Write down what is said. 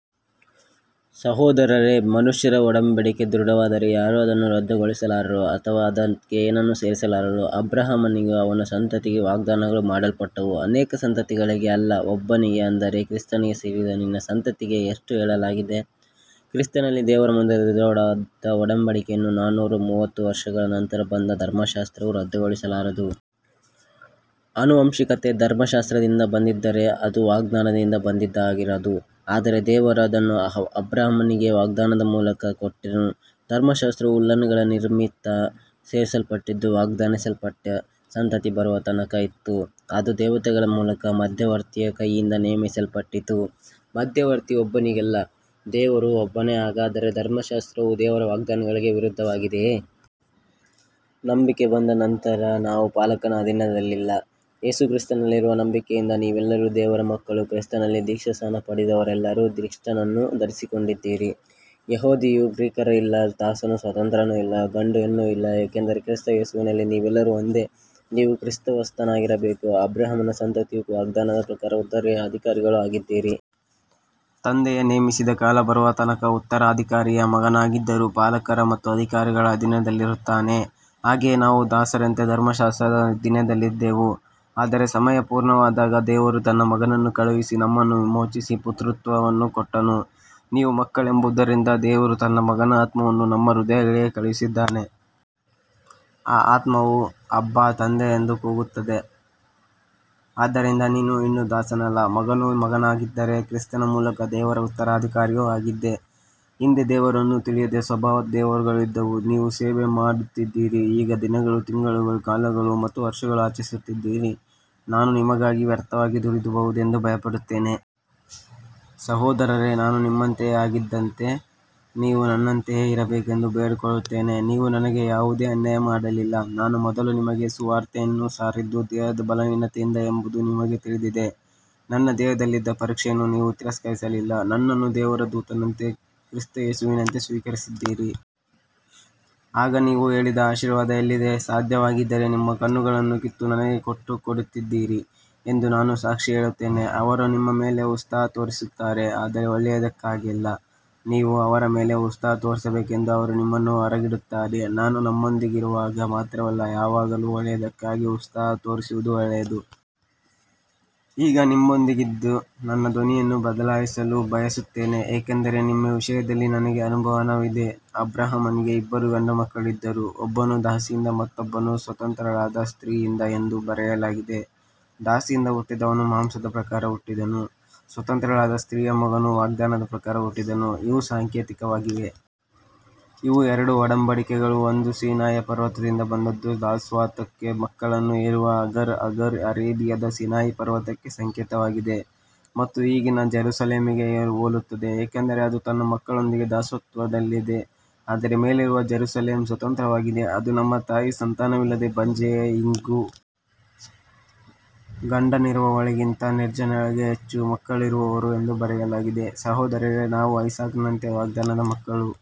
ಸಹೋದರರೇ, ಮನುಷ್ಯರ ಒಡಂಬಡಿಕೆ ದೃಢವಾದರೆ ಯಾರೂ ಅದನ್ನು ರದ್ದುಗೊಳಿಸಲಾರರು ಅಥವಾ ಅದಕ್ಕೆ ಏನನ್ನೂ ಸೇರಿಸಲಾರರು. ಅಬ್ರಹಾಮನಿಗೂ ಅವನ ಸಂತತಿಗೂ ವಾಗ್ದಾನಗಳು ಮಾಡಲ್ಪಟ್ಟವು. ಅನೇಕ ಸಂತತಿಗಳಿಗೆ ಅಲ್ಲ, ಒಬ್ಬನಿಗೆ, ಅಂದರೆ ಕ್ರಿಸ್ತನಿಗೆ ಸೇರಿದ ನಿನ್ನ ಸಂತತಿಗೆ ಎಂದು ಹೇಳಲಾಗಿದೆ. ಕ್ರಿಸ್ತನಲ್ಲಿ ದೇವರ ಮುಂದೆ ದೃಢವಾದ ಒಡಂಬಡಿಕೆಯನ್ನು ನಾನೂರ ಮೂವತ್ತು ವರ್ಷಗಳ ನಂತರ ಬಂದ ಧರ್ಮಶಾಸ್ತ್ರವು ರದ್ದುಗೊಳಿಸಲಾರದು. ಆನುವಂಶಿಕತೆ ಧರ್ಮಶಾಸ್ತ್ರದಿಂದ ಬಂದಿದ್ದರೆ ಅದು ವಾಗ್ದಾನದಿಂದ ಬಂದದ್ದಾಗಿರದು, ಆದರೆ ದೇವರು ಅದನ್ನು ಅಬ್ರಹಾಮನಿಗೆ ವಾಗ್ದಾನದ ಮೂಲಕ ಕೊಟ್ಟನು. ಧರ್ಮಶಾಸ್ತ್ರವು ಉಲ್ಲಂಘನೆಗಳ ನಿಮಿತ್ತ ಸೇರಿಸಲ್ಪಟ್ಟಿದ್ದು, ವಾಗ್ದಾನಿಸಲ್ಪಟ್ಟ ಸಂತತಿ ಬರುವ ತನಕ ಇತ್ತು. ಅದು ದೇವತೆಗಳ ಮೂಲಕ ಮಧ್ಯವರ್ತಿಯ ಕೈಯಿಂದ ನೇಮಿಸಲ್ಪಟ್ಟಿತು. ಮಧ್ಯವರ್ತಿ ಒಬ್ಬನಿಗಲ್ಲ, ದೇವರು ಒಬ್ಬನೇ. ಹಾಗಾದರೆ ಧರ್ಮಶಾಸ್ತ್ರವು ದೇವರ ವಾಗ್ದಾನಗಳಿಗೆ ವಿರುದ್ಧವಾಗಿದೆಯೇ. ನಂಬಿಕೆ ಬಂದ ನಂತರ ನಾವು ಪಾಲಕನ ಅಧೀನದಲ್ಲಿಲ್ಲ. ಕ್ರಿಸ್ತ ಯೇಸುವಿನಲ್ಲಿರುವ ನಂಬಿಕೆಯಿಂದ ನೀವೆಲ್ಲರೂ ದೇವರ ಮಕ್ಕಳು. ಕ್ರಿಸ್ತನಲ್ಲಿ ದೀಕ್ಷಾಸ್ನಾನ ಪಡೆದವರೆಲ್ಲರೂ ಕ್ರಿಸ್ತನನ್ನು ಧರಿಸಿಕೊಂಡಿದ್ದೀರಿ. ಯಹೂದಿಯೂ ಗ್ರೀಕರೂ ಇಲ್ಲ, ದಾಸನೂ ಸ್ವತಂತ್ರನೂ ಇಲ್ಲ, ಗಂಡೂ ಹೆಣ್ಣೂ ಇಲ್ಲ, ಏಕೆಂದರೆ ಕ್ರಿಸ್ತ ಯೇಸುವಿನಲ್ಲಿ ನೀವೆಲ್ಲರೂ ಒಂದೇ. ನೀವು ಕ್ರಿಸ್ತನವರಾಗಿದ್ದರೆ ಅಬ್ರಹಾಮನ ಸಂತತಿಯೂ ವಾಗ್ದಾನದ ಪ್ರಕಾರ ಉತ್ತರಾಧಿಕಾರಿಗಳೂ ಆಗಿದ್ದೀರಿ. ತಂದೆಯು ನೇಮಿಸಿದ ಕಾಲ ಬರುವ ತನಕ ಉತ್ತರಾಧಿಕಾರಿಯು ಮಗನಾಗಿದ್ದರೂ ಪಾಲಕರ ಮತ್ತು ಅಧಿಕಾರಿಗಳ ಅಧೀನದಲ್ಲಿರುತ್ತಾನೆ. ಹಾಗೆಯೇ ನಾವು ದಾಸರಂತೆ ಧರ್ಮಶಾಸ್ತ್ರದ ಅಧೀನದಲ್ಲಿದ್ದೆವು, ಆದರೆ ಸಮಯ ಪೂರ್ಣವಾದಾಗ ದೇವರು ತನ್ನ ಮಗನನ್ನು ಕಳುಹಿಸಿ ನಮ್ಮನ್ನು ವಿಮೋಚಿಸಿ ಪುತ್ರತ್ವವನ್ನು ಕೊಟ್ಟನು. ನೀವು ಮಕ್ಕಳೆಂಬುದರಿಂದ ದೇವರು ತನ್ನ ಮಗನ ಆತ್ಮವನ್ನು ನಮ್ಮ ಹೃದಯಗಳಿಗೆ ಕಳುಹಿಸಿದ್ದಾನೆ. ಆ ಆತ್ಮವು ಅಬ್ಬಾ ತಂದೆ ಎಂದು ಕೂಗುತ್ತದೆ. ಆದ್ದರಿಂದ ನೀನು ಇನ್ನು ದಾಸನಲ್ಲ, ಮಗನು. ಮಗನಾಗಿದ್ದರೆ ಕ್ರಿಸ್ತನ ಮೂಲಕ ದೇವರ ಉತ್ತರಾಧಿಕಾರಿಯೂ ಆಗಿದ್ದೀ. ಹಿಂದೆ ದೇವರನ್ನು ತಿಳಿಯದೆ ಸ್ವಭಾವತಃ ದೇವರಲ್ಲದವುಗಳಿಗೆ ನೀವು ಸೇವೆ ಮಾಡುತ್ತಿದ್ದಿರಿ. ಈಗ ದಿನಗಳು, ತಿಂಗಳುಗಳು, ಕಾಲಗಳು ಮತ್ತು ವರ್ಷಗಳನ್ನು ಆಚರಿಸುತ್ತೀರಿ. ನಾನು ನಿಮ್ಮಿಗಾಗಿ ವ್ಯರ್ಥವಾಗಿ ದುಡಿದಿರಬಹುದೆಂದು ಭಯಪಡುತ್ತೇನೆ. ಸಹೋದರರೇ, ನಾನು ನಿಮ್ಮಂತೆಯೇ ಆಗಿದ್ದಂತೆ ನೀವು ನನ್ನಂತೆಯೇ ಇರಬೇಕೆಂದು ಬೇಡಿಕೊಳ್ಳುತ್ತೇನೆ. ನೀವು ನನಗೆ ಯಾವುದೇ ಅನ್ಯಾಯ ಮಾಡಲಿಲ್ಲ. ನಾನು ಮೊದಲು ನಿಮಗೆ ಸುವಾರ್ತೆಯನ್ನು ಸಾರಿದ್ದು ದೇಹದ ಬಲಹೀನತೆಯಿಂದ ಎಂಬುದು ನಿಮಗೆ ತಿಳಿದಿದೆ. ನನ್ನ ದೇಹದಲ್ಲಿದ್ದ ಪರೀಕ್ಷೆಯನ್ನು ನೀವು ತಿರಸ್ಕರಿಸಲಿಲ್ಲ, ನನ್ನನ್ನು ದೇವರ ದೂತನಂತೆ, ಕ್ರಿಸ್ತ ಯೇಸುವಿನಂತೆ ಸ್ವೀಕರಿಸಿದ್ದೀರಿ. ಆಗ ನೀವು ಹೇಳಿದ ಆಶೀರ್ವಾದ ಎಲ್ಲಿದೆ. ಸಾಧ್ಯವಾಗಿದ್ದರೆ ನಿಮ್ಮ ಕಣ್ಣುಗಳನ್ನು ಕಿತ್ತು ನನಗೆ ಕೊಟ್ಟಿರುತ್ತಿದ್ದಿರಿ ಎಂದು ನಾನು ಸಾಕ್ಷಿ ಹೇಳುತ್ತೇನೆ. ಅವರು ನಿಮ್ಮ ಮೇಲೆ ಉತ್ಸಾಹ ತೋರಿಸುತ್ತಾರೆ, ಆದರೆ ಒಳ್ಳೆಯದಕ್ಕಾಗಿ ಅಲ್ಲ. ನೀವು ಅವರ ಮೇಲೆ ಉತ್ಸಾಹ ತೋರಿಸಬೇಕೆಂದು ಅವರು ನಿಮ್ಮನ್ನು ಹೊರಗಿಡುತ್ತಾರೆ. ನಾನು ನಿಮ್ಮೊಂದಿಗಿರುವಾಗ ಮಾತ್ರವಲ್ಲ, ಯಾವಾಗಲೂ ಒಳ್ಳೆಯದಕ್ಕಾಗಿ ಉತ್ಸಾಹ ತೋರಿಸುವುದು ಒಳ್ಳೆಯದು. ಈಗ ನಿಮ್ಮೊಂದಿಗಿದ್ದು ನನ್ನ ಧ್ವನಿಯನ್ನು ಬದಲಾಯಿಸಲು ಬಯಸುತ್ತೇನೆ, ಏಕೆಂದರೆ ನಿಮ್ಮ ವಿಷಯದಲ್ಲಿ ನನಗೆ ಅನುಮಾನವಿದೆ. ಅಬ್ರಹಾಮನಿಗೆ ಇಬ್ಬರು ಗಂಡುಮಕ್ಕಳಿದ್ದರು, ಒಬ್ಬನು ದಾಸಿಯಿಂದ, ಮತ್ತೊಬ್ಬನು ಸ್ವತಂತ್ರಳಾದ ಸ್ತ್ರೀಯಿಂದ ಎಂದು ಬರೆಯಲಾಗಿದೆ. ದಾಸಿಯಿಂದ ಹುಟ್ಟಿದವನು ಮಾಂಸದ ಪ್ರಕಾರ ಹುಟ್ಟಿದನು, ಸ್ವತಂತ್ರಳಾದ ಸ್ತ್ರೀಯ ಮಗನು ವಾಗ್ದಾನದ ಪ್ರಕಾರ ಹುಟ್ಟಿದನು. ಇವು ಸಾಂಕೇತಿಕವಾಗಿವೆ. ಇವು ಎರಡು ಒಡಂಬಡಿಕೆಗಳು. ಒಂದು ಸೀನಾಯಿ ಪರ್ವತದಿಂದ ಬಂದದ್ದು, ದಾಸತ್ವಕ್ಕೆ ಮಕ್ಕಳನ್ನು ಹೆರುವ ಅಗರ್. ಅಗರ್ ಅರೇಬಿಯಾದ ಸೀನಾಯಿ ಪರ್ವತಕ್ಕೆ ಸಂಕೇತವಾಗಿದೆ ಮತ್ತು ಈಗಿನ ಜೆರುಸಲೇಮಿಗೆ ಹೋಲುತ್ತದೆ, ಏಕೆಂದರೆ ಅದು ತನ್ನ ಮಕ್ಕಳೊಂದಿಗೆ ದಾಸತ್ವದಲ್ಲಿದೆ. ಆದರೆ ಮೇಲಿರುವ ಜೆರುಸಲೇಮ್ ಸ್ವತಂತ್ರವಾಗಿದೆ, ಅದು ನಮ್ಮ ತಾಯಿ. ಸಂತಾನವಿಲ್ಲದ ಬಂಜೆಯೇ, ಹಿಗ್ಗು. ಗಂಡನಿರುವವಳಿಗಿಂತ ನಿರ್ಜನಳಿಗೆ ಹೆಚ್ಚು ಮಕ್ಕಳು ಇರುವರು ಎಂದು ಬರೆಯಲಾಗಿದೆ. ಸಹೋದರರೇ, ನಾವು ಐಸಾಕನಂತೆ ವಾಗ್ದಾನದ ಮಕ್ಕಳು.